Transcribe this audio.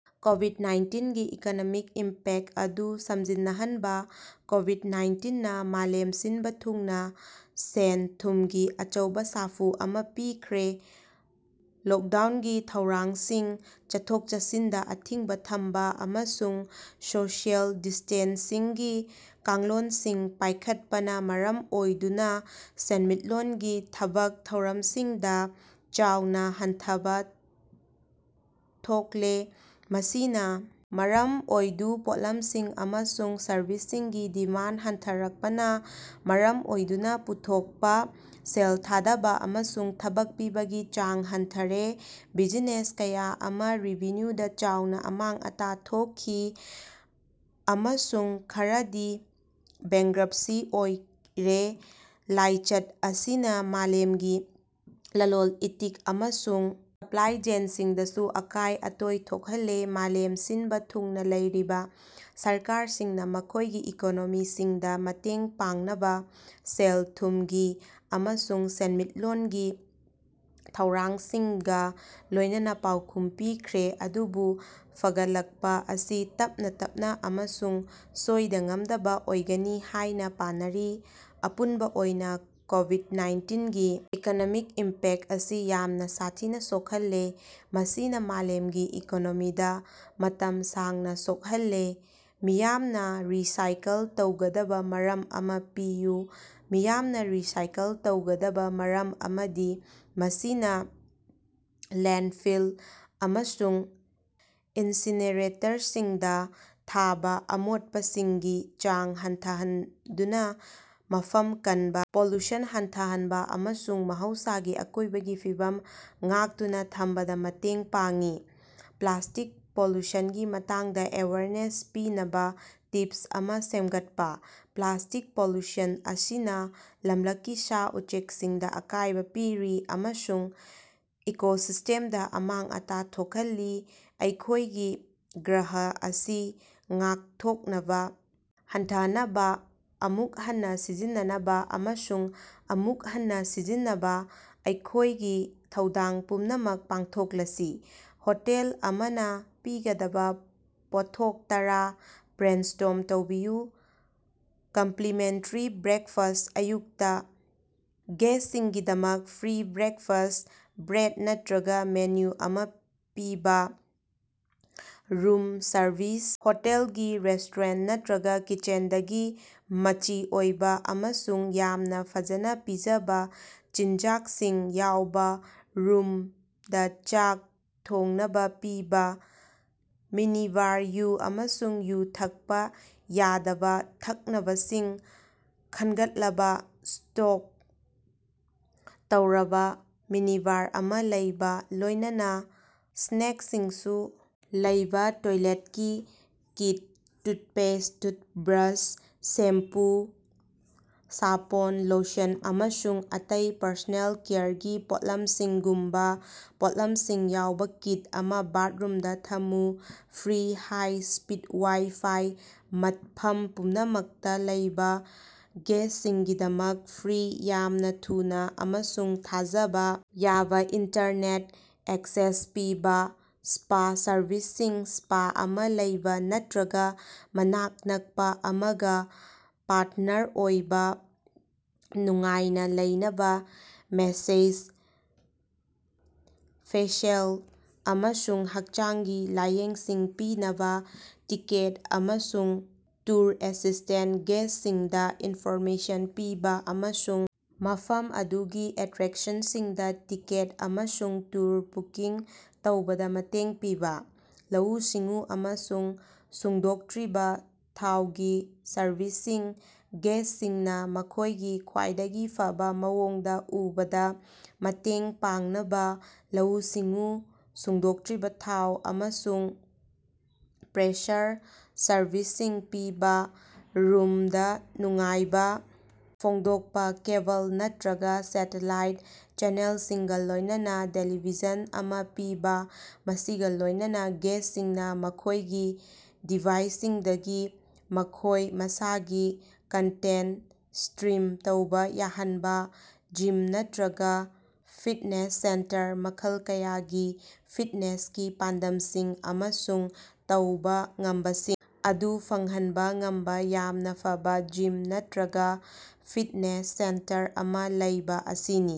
ꯀꯣꯕꯤꯗ-ꯅꯥꯏꯟꯇꯤꯟꯒꯤ economic impact ꯑꯗꯨ ꯁꯝꯖꯤꯟꯅꯍꯟꯕ꯫ ꯀꯣꯕꯤꯗ-ꯅꯥꯏꯟꯇꯤꯟꯅꯥ ꯃꯥꯂꯦꯝ ꯁꯤꯟꯕ ꯊꯨꯡꯅ ꯁꯦꯟ-ꯊꯨꯝꯒꯤ ꯑꯆꯧꯕ ꯁꯥꯐꯨ ꯑꯃ ꯄꯤꯈ꯭ꯔꯦ꯫ ꯂꯣꯛꯗꯥꯎꯟꯒꯤ ꯊꯧꯔꯥꯡꯁꯤꯡ, ꯆꯠꯊꯣꯛ-ꯆꯠꯁꯤꯟꯗ ꯑꯊꯤꯡꯕ ꯊꯝꯕ, ꯑꯃꯁꯨꯡ ꯁꯣꯁꯤꯑꯦꯜ ꯗꯤꯁ꯭ꯇꯦꯟꯁꯤꯡꯒꯤ ꯀꯥꯡꯂꯣꯟꯁꯤꯡ ꯄꯥꯏꯈꯠꯄꯅ ꯃꯔꯝ ꯑꯣꯏꯗꯨꯅ ꯁꯦꯟꯃꯤꯠꯂꯣꯟꯒꯤ ꯊꯕꯛ ꯊꯧꯔꯝꯁꯤꯡꯗ ꯆꯥꯎꯅ ꯍꯟꯊꯕꯥ ꯊꯣꯛꯜꯂꯦ꯫ ꯃꯁꯤꯅ ꯃꯔꯝ ꯑꯣꯏꯗꯨ ꯄꯣꯠꯂꯝꯁꯤꯡ ꯑꯃꯁꯨꯡ ꯁꯔꯕꯤꯁꯁꯤꯡꯒꯤ ꯗꯤꯃꯥꯟꯗ ꯍꯟꯊꯔꯛꯄꯅ ꯃꯔꯝ ꯑꯣꯏꯗꯨꯅ ꯄꯨꯊꯣꯛꯄ, ꯁꯦꯜ ꯊꯥꯗꯕꯥ, ꯑꯃꯁꯨꯡ ꯊꯕꯛ ꯄꯤꯕꯒꯤ ꯆꯥꯡ ꯍꯟꯊꯔꯦ꯫ ꯕꯤꯖꯤꯅꯦꯁ ꯀꯌꯥ ꯑꯃꯅ ꯔꯦꯚꯤꯅ꯭ꯌꯨꯗ ꯆꯥꯎꯅ ꯑꯃꯥꯡ-ꯑꯇꯥ ꯊꯣꯛꯈꯤ, ꯑꯃꯁꯨꯡ ꯈꯔꯗꯤ ꯕꯦꯡꯀ꯭ꯔꯞꯁꯤ ꯑꯣꯏꯔꯦ꯫ ꯂꯥꯏꯆꯠ ꯑꯁꯤꯅ ꯃꯥꯂꯦꯝꯒꯤ ꯂꯂꯣꯟ-ꯏꯇꯤꯛ ꯑꯃꯁꯨꯡ ꯁꯄ꯭ꯂꯥꯏ ꯆꯦꯟꯁꯤꯡꯗꯁꯨ ꯑꯀꯥꯏ-ꯑꯇꯣꯏ ꯊꯣꯛꯍꯜꯂꯦ꯫ ꯃꯥꯂꯦꯝ ꯁꯤꯟꯕꯥ ꯊꯨꯡꯅ ꯂꯩꯔꯤꯕ ꯁꯔꯀꯥꯔꯁꯤꯡꯅ ꯃꯈꯣꯏꯒꯤ ꯏꯀꯣꯅꯣꯃꯤꯁꯤꯡꯗ ꯃꯇꯦꯡ ꯄꯥꯡꯅꯕꯥ ꯁꯦꯜ-ꯊꯨꯝꯒꯤ ꯑꯃꯁꯨꯡ ꯁꯦꯟꯃꯤꯠꯂꯣꯟꯒꯤ ꯊꯧꯔꯥꯡꯁꯤꯡꯒ ꯂꯣꯏꯅꯅꯥ ꯄꯥꯎꯈꯨꯝ ꯄꯤꯈ꯭ꯔꯦ, ꯑꯗꯨꯕꯨ ꯐꯒꯠꯂꯛꯄ ꯑꯁꯤ ꯇꯞꯅꯥ ꯇꯞꯅꯥ ꯑꯃꯁꯨꯡ ꯁꯣꯏꯗ-ꯉꯥꯝꯗꯕ ꯑꯣꯏꯒꯅꯤ ꯍꯥꯏꯅ‌ ꯄꯥꯅꯔꯤ꯫ ꯑꯄꯨꯟꯕ ꯑꯣꯏꯅ ꯀꯣꯕꯤꯗ-ꯅꯥꯏꯟꯇꯤꯟꯒꯤ ꯏꯀꯣꯅꯣꯃꯤꯛ ꯏꯝꯄꯦꯛꯇ ꯑꯁꯤ ꯌꯥꯝꯅ ꯁꯥꯊꯤꯅ ꯁꯣꯛꯍꯜꯂꯦ, ꯃꯁꯤꯅ ꯃꯥꯂꯦꯝꯒꯤ ꯏꯀꯣꯅꯣꯃꯤꯗ ꯃꯇꯝ ꯁꯥꯡꯅ ꯁꯣꯛꯍꯜꯂꯦ꯫ ꯃꯤꯌꯥꯝꯅ ꯔꯤꯁꯥꯏꯀꯜ ꯇꯧꯒꯗꯕꯥ ꯃꯔꯝ ꯑꯃ ꯄꯤꯌꯨ꯫ ꯃꯤꯌꯥꯝꯅ ꯔꯤꯁꯥꯏꯀꯜ ꯇꯧꯒꯗꯕꯥ ꯃꯔꯝ ꯑꯃꯗꯤ ꯃꯁꯤꯅ ꯂꯦꯟꯗꯐꯤꯜ ꯑꯃꯁꯨꯡ ꯏꯟꯁꯤꯅꯦꯔꯦꯇꯔꯁꯤꯡꯗ ꯊꯥꯕ ꯑꯃꯣꯠꯄꯁꯤꯡꯒꯤ ꯆꯥꯡ ꯍꯟꯊꯍꯟꯗꯨꯅ ꯃꯐꯝ ꯀꯟꯕ, ꯄꯣꯂꯨꯁꯟ ꯍꯟꯊꯍꯟꯕ ꯑꯃꯁꯨꯡ ꯃꯍꯧꯁꯥꯒꯤ ꯑꯀꯣꯏꯕꯒꯤ ꯐꯤꯕꯝ ꯉꯥꯛꯇꯨꯅ‌ ꯊꯝꯕꯗ ꯃꯇꯦꯡ ꯄꯥꯡꯏ꯫ ꯄ꯭ꯂꯥꯁꯇꯤꯛ ꯄꯣꯂꯨꯁꯟꯒꯤ ꯃꯇꯥꯡꯗ ꯑꯦꯋꯦꯌꯔꯅꯦꯁ ꯄꯤꯅꯕꯥ ꯇꯤꯞꯁ ꯑꯃ ꯁꯦꯝꯒꯠꯄ꯫ ꯄ꯭ꯂꯥꯁ꯭ꯇꯤꯛ ꯄꯣꯂꯨꯁꯟ ꯑꯁꯤꯅ ꯂꯝꯂꯛꯀꯤ ꯁꯥ-ꯎꯆꯦꯀꯁꯤꯡꯗ ꯑꯀꯥꯏꯕ‌ ꯄꯤꯔꯤ ꯑꯃꯁꯨꯡ ꯏꯀꯣꯁꯤꯁꯇꯦꯝꯗ ꯑꯃꯥꯡ-ꯑꯇꯥ ꯊꯣꯛꯍꯜꯂꯤ꯫ ꯑꯩꯈꯣꯏꯒꯤ ꯒ꯭ꯔꯍ ꯑꯁꯤ ꯉꯥꯛꯊꯣꯛꯅꯕ ꯍꯟꯊꯍꯟꯅꯕꯥ, ꯑꯃꯨꯛ ꯍꯟꯅ ꯁꯤꯖꯤꯟꯅꯅꯕꯥ ꯑꯃꯁꯨꯡ ꯑꯃꯨꯛ ꯍꯟꯅ ꯁꯤꯖꯤꯟꯅꯅꯕꯥ ꯑꯩꯈꯣꯏꯒꯤ ꯊꯧꯗꯥꯡ ꯄꯨꯝꯅꯃꯛ ꯄꯥꯡꯊꯣꯛꯂꯁꯤ꯫ ꯍꯣꯇꯦꯜ ꯑꯃꯅ ꯄꯤꯒꯗꯕꯥ ꯄꯣꯠꯊꯣꯛ ꯇꯔꯥ ꯕ꯭ꯔꯦꯟꯁ꯭ꯇꯣꯔꯝ ꯇꯧꯕꯤꯌꯨ꯫ ꯀꯝꯄ꯭ꯂꯤꯃꯦꯟꯇꯔꯤ ꯕ꯭ꯔꯦꯛꯐꯥꯁ꯭ꯠ - ꯑꯌꯨꯛꯇ ꯒꯦꯁ꯭ꯇꯁꯤꯡꯒꯤꯗꯃꯛ ꯐ꯭ꯔꯤ ꯕ꯭ꯔꯦꯛꯐꯥꯁ꯭ꯠ ꯕ꯭ꯔꯦꯠ ꯅꯠꯇꯔꯒ ꯃꯦꯅꯨ ꯑꯃ ꯄꯤꯕ꯫ ꯔꯨꯝ ꯁꯔꯚꯤꯁ - ꯍꯣꯇꯦꯜꯒꯤ ꯔꯦꯁ꯭ꯇꯣꯔꯦꯟꯇ ꯅꯠꯇꯔꯒ ꯀꯤꯆꯦꯟꯗꯒꯤ ꯃꯆꯤ ꯑꯣꯏꯕ ꯑꯃꯁꯨꯡ ꯌꯥꯝꯅ ꯐꯖꯅꯥ ꯄꯤꯖꯕꯥ ꯆꯤꯟꯖꯥꯛꯁꯤꯡ ꯌꯥꯎꯕ‌ ꯔꯨꯝꯗ ꯆꯥꯛ ꯊꯣꯡꯅꯕꯥ ꯄꯤꯕ꯫ ꯃꯤꯅꯤꯕꯥꯔ - ꯌꯨ ꯑꯃꯁꯨꯡ ꯌꯨ ꯊꯛꯄ ꯌꯥꯗꯕꯥ ꯊꯛꯅꯕꯁꯤꯡ ꯈꯟꯒꯠꯂꯕꯥ ꯁ꯭ꯇꯣꯛ ꯇꯧꯔꯕ ꯃꯤꯅꯤꯕꯥꯔ ꯑꯃ ꯂꯩꯕ, ꯂꯣꯏꯅꯅꯥ ꯁ꯭ꯅꯦꯛꯁꯤꯡꯁꯨ ꯂꯩꯕ꯫ ꯇꯣꯏꯂꯦꯠꯀꯤ ꯀꯤꯠ - ꯇꯨꯠꯄꯦꯁ꯭ꯠ, ꯇꯨꯠꯕ꯭ꯔꯁ, ꯁꯦꯝꯄꯨ, ꯁꯥꯄꯣꯟ, ꯂꯣꯁꯟ, ꯑꯃꯁꯨꯡ ꯑꯇꯩ ꯄꯔꯁꯣꯅꯦꯜ ꯀꯦꯌꯔꯒꯤ ꯄꯣꯠꯂꯝꯁꯤꯡꯒꯨꯝꯕ ꯄꯣꯠꯂꯝꯁꯤꯡ ꯌꯥꯎꯕ ꯀꯤꯠ ꯑꯃ ꯕꯥꯊꯔꯨꯝꯗ ꯊꯝꯃꯨ꯫ ꯐ꯭ꯔꯤ ꯍꯥꯏ-ꯁ꯭ꯄꯤꯗ ꯋꯥꯏ-ꯐꯥꯏ - ꯃꯐꯝ ꯄꯨꯝꯅꯃꯛꯇ ꯂꯩꯕ ꯒꯦꯁ꯭ꯇꯁꯤꯡꯒꯤꯗꯃꯛ ꯐ꯭ꯔꯤ, ꯌꯥꯝꯅ ꯊꯨꯅ ꯑꯃꯁꯨꯡ ꯊꯥꯖꯕꯥ ꯌꯥꯕ ꯏꯟꯇꯔꯅꯦꯠ ꯑꯦꯛꯁꯦꯁ ꯄꯤꯕ꯫ ꯁ꯭ꯄꯥ ꯁꯔꯚꯤꯁꯁꯤꯡ - ꯁ꯭ꯄꯥ ꯑꯃ ꯂꯩꯕ ꯅꯠꯇꯔꯒ ꯃꯅꯥꯛ ꯅꯛꯄ ꯑꯃꯒ ꯄꯥꯔꯇꯅꯔ ꯑꯣꯏꯕ, ꯅꯨꯡꯉꯥꯏꯅ ꯂꯩꯅꯕ ꯃꯦꯁꯦꯖ, ꯐꯦꯁꯤꯑꯦꯜ, ꯑꯃꯁꯨꯡ ꯍꯛꯆꯥꯡꯒꯤ ꯂꯥꯌꯦꯡꯁꯤꯡ ꯄꯤꯅꯕꯥ꯫ ꯇꯤꯀꯦꯠ ꯑꯃꯁꯨꯡ ꯇꯨꯔ ꯑꯦꯁꯤꯁ꯭ꯇꯦꯟꯁ - ꯒꯦꯁ꯭ꯇꯁꯤꯡꯗ ꯏꯟꯐꯣꯔꯃꯦꯁꯟ ꯄꯤꯕ ꯑꯃꯁꯨꯡ ꯃꯐꯝ ꯑꯗꯨꯒꯤ ꯑꯦꯇꯔꯦꯛꯁꯟꯁꯤꯡꯗ‌ ꯇꯤꯀꯦꯠ ꯑꯃꯁꯨꯡ ꯇꯨꯔ ꯕꯨꯀꯤꯡ ꯇꯧꯕꯗ ꯃꯇꯦꯡ ꯄꯤꯕ꯫ ꯂꯧꯎ-ꯁꯤꯡꯎ ꯑꯃꯁꯨꯡ ꯁꯨꯡꯗꯣꯛꯇꯔꯤꯕ ꯊꯥꯎꯒꯤ ꯁꯔꯚꯤꯁꯁꯤꯡ - ꯒꯦꯁ꯭ꯇꯁꯤꯡꯅ ꯃꯈꯣꯏꯒꯤ ꯈ꯭ꯋꯥꯏꯗꯒꯤ ꯐꯕꯥ ꯃꯑꯣꯡꯗ ꯎꯕꯗꯥ ꯃꯇꯦꯡ ꯄꯥꯡꯅꯕꯥ ꯂꯧꯎ-ꯁꯤꯡꯎ, ꯁꯨꯡꯗꯣꯛꯇꯔꯤꯕ ꯊꯥꯎ, ꯑꯃꯁꯨꯡ ꯄ꯭ꯔꯦꯁꯔ ꯁꯔꯚꯤꯁꯁꯤꯡ ꯄꯤꯕ꯫ ꯔꯨꯝꯗ ꯅꯨꯡꯉꯥꯏꯕ ꯐꯣꯡꯗꯣꯛꯄ - ꯀꯦꯕꯜ ꯅꯠꯇꯔꯒ ꯁꯦꯇꯦꯂꯥꯏꯠ ꯆꯦꯅꯦꯜꯁꯤꯡꯒ ꯂꯣꯏꯅꯅ ꯇꯦꯂꯤꯚꯤꯖꯟ ꯑꯃ ꯄꯤꯕ, ꯃꯁꯤꯒ ꯂꯣꯏꯅꯅ ꯒꯦꯁ꯭ꯇꯁꯤꯡꯅ ꯃꯈꯣꯏꯒꯤ ꯗꯤꯚꯥꯏꯁꯁꯤꯡꯗꯒꯤ ꯃꯈꯣꯏ ꯃꯁꯥꯒꯤ ꯀꯟꯇꯦꯟꯇ ꯁ꯭ꯇꯔꯤꯝ ꯇꯧꯕ ꯌꯥꯍꯟꯕ꯫ ꯖꯤꯝ ꯅꯠꯇꯔꯒ ꯐꯤꯠꯅꯦꯁ ꯁꯦꯟꯇꯔ - ꯃꯈꯜ ꯀꯌꯥꯒꯤ ꯐꯤꯠꯅꯦꯁꯀꯤ ꯄꯥꯟꯗꯝꯁꯤꯡ ꯑꯃꯁꯨꯡ ꯇꯧꯕ ꯉꯝꯕꯁꯤꯡ ꯑꯗꯨ ꯐꯪꯍꯟꯕ ꯉꯝꯕ ꯌꯥꯝꯅ ꯐꯕꯥ ꯖꯤꯝ ꯅꯠꯇꯔꯒ ꯐꯤꯠꯅꯦꯁ ꯁꯦꯟꯇꯔ ꯑꯃ ꯂꯩꯕ ꯑꯁꯤꯅꯤ꯫